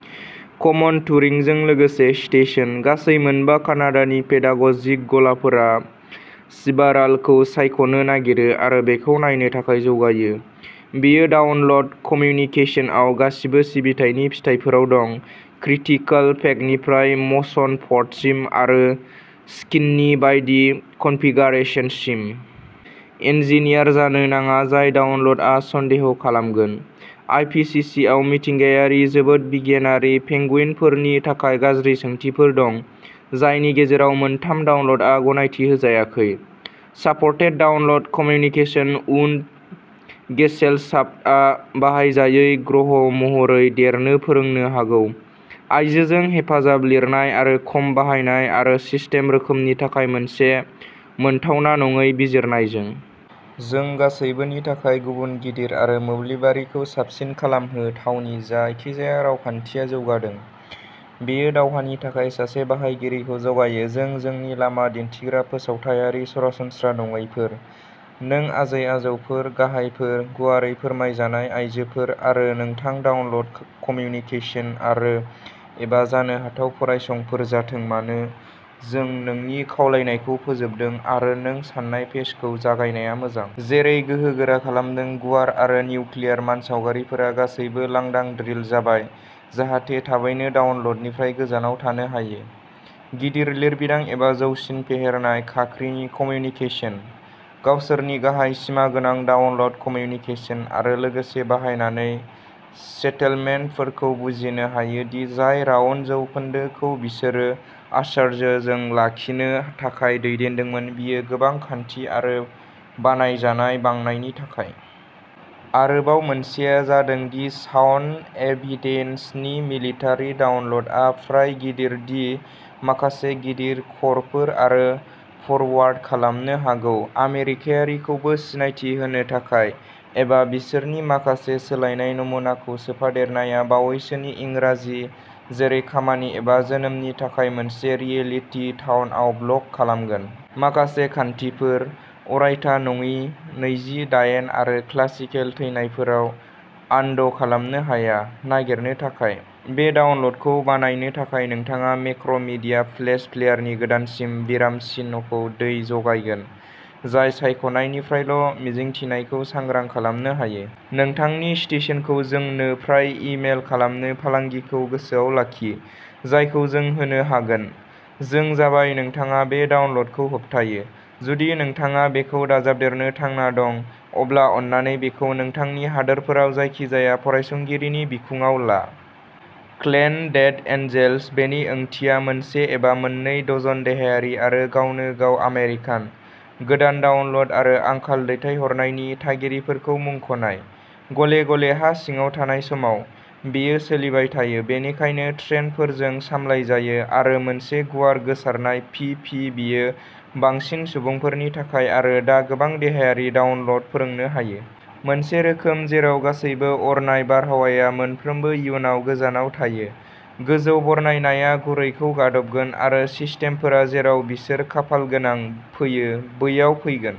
कमन टुरिंजों लोगोसे स्टेशन। गासै मोनबा कानाडानि पेडाग' जिक गलाफोरा सिबारालखौ सायख'नो नागिरो आरो बेखौ नायनो थाखाय जौगायो। बेयो, डाउनल'ड कम्यूनिकेशनआव, गासिबो सिबिथायनि फिथाइफोराव दं, क्रिटिकल पेकनिफ्राय म'शन पर्टसिम, आरो स्किन्नि बायदि कनफिगारेशनसिम। इन्जीनियार जानो नाङा, जाय डाउनल'डआ सन्देह खालामगोन, आइपिसिसिआव मिथिंगायारि जोबोद बिगियानारि पेंगुइनफोरनि थाखाय गाज्रि सोंथिफोर दं, जायनि गेजेराव मोनथाम डाउनल'डआ गनायथि होजायाखै। सापर्टेड डाउनल'ड कम्यूनिकेशन उन्ड गेसेलशाफ्ट आ बाहायजायै ग्रह महरै देरनो फोरोंनो हागौ, आइजोजों हेफाजाब लिरनाय आरो खम बाहायनाय आरो सिस्टेम रोखोमनि थाखाय मोनसे मोनथावना नङै बिजिरनायजों। जों गासैबोनि थाखाय गुबुन गिदिर आरो मोब्लिबारिखौ साबसिन खालामहो थावनि जायखिजाया रावखान्थिया जौगादों। बेयो दावहानि थाखाय सासे बाहायगिरिखौ जगायो जों जोंनि लामा दिन्थिग्रा फोसावथायारि सरासनस्रा नङैफोर। नों आजै-आजौफोर, गाहायफोर, गुवारै फोरमायजानाय आयजोफोर, आरो, गोथां डाउनल'ड कम्यूनिकेशन आरो, एबा जानो हाथाव फरायसंफोर जाथों मानो, जों नोंनि खावलायनायखौ फोजोबदों आरो नों सान्नाय पेजखौ जागायनाया मोजां। जेरै गोहोफोरा खालामदों, गुवार आरो निउक्लियार मानसावगारिफोरा गासैबो लांदां ड्रिल जाबाय जाहाथे थाबैनो डाउनल'डनिफ्राय गोजानाव थानो हायो। गिदिर लिरबिदां एबा जौसिन फेहेरनाय खाख्रिनि कम्यूनिकेशन। गावसोरनि गाहाय सिमा गोनां डाउनल'ड कम्यूनिकेशन आरो लोगोसे बाहायनानै सेटेलमेन्टफोरखौ बुजिनो हायो दि जाय राउन्ड जौखोन्दो खौ बिसोरो आश्चर्यजों लाखिनो थाखाय दैदेनदोंमोन बेयो गोबां खान्थि आरो बानायजानाय, बांनायनि थाखाय। आरोबाव मोनसेआ जादों दि साउन्ड एभिडेन्सनि मिलिटारि डाउनल'डआ फ्राय गिदिर दि माखासे गिदिर करफोर आरो फरवार्ड खालामनो हागौ आमेरिकायारिखौबो सिनायथि होनो थाखाय, एबा बिसोरनि माखासे सोलायनाय नमुनाखौ सोफादेरनाया बावैसोनि इंराजि, जेरै खामानि एबा जोनोमनि थाखाय मोनसे रियेलिटि टाउनआव ब्लक खालामगोन। माखासे खान्थिफोर, अरायथा नङि नैजि-दाइन आरो क्लासिकेल थैनायफोराव, आनद' खालामनो हाया। नागिरनो थाखाय। बे डाउनल'डखौ बानायनो थाखाय नोंथाङा मेक्र' मिडिया फ्लेश प्लेयारनि गोदानसिन विराम चिह्नखौ दै जगायगोन, जाय सायख' नायनिफ्रायल' मिजिंथिनायखौ सांग्रां खालामनो हायो। नोंथांनि स्टेशनखौ जोंनो फ्राय इ-मेल खालामनो फालांगिखौ गोसोआव लाखि, जायखौ जों होनो हागोन। जों जाबाय नोंथाङा बे डाउनल'डखौ होबथायो। जुदि नोंथाङा बेखौ दाजाबदेरनो थांना दं, अब्ला अन्नानै बेखौ नोंथांनि हादोरफोराव जायखिजाया फरायसंगिरिनि बिखुङाव ला। क्लेन डेथ एन्जेल्स बेनि ओंथिया मोनसे एबा मोननै डजन देहायारि आरो गावनो गाव आमेरिकान, गोदान डाउनल'ड आरो आंखाल दैथायहरनायनि थागिरिफोरखौ मुंख'नाय। गले-गले हा सिङाव थानाय समाव, बेयो सोलिबाय थायो बेनिखायनो ट्रेन्डफोरजों सामलायजायो आरो मोनसे गुवार गोसारनाय फि फि बेयो बांसिन सुबुंफोरनि थाखाय आरो दा गोबां देहायारि डाउनल'ड फोरोंनो हायो। मोनसे रोखोम जेराव गासैबो अरनाय बारहावाया मोनफ्रोमबो इयुनाव गोजानाव थायो, गोजौ बरनायनाया गुरैखौ गादबगोन आरो सिस्टेमफोरा जेराव बिसोर खाफालगोनां फैयो बैयाव फैगोन।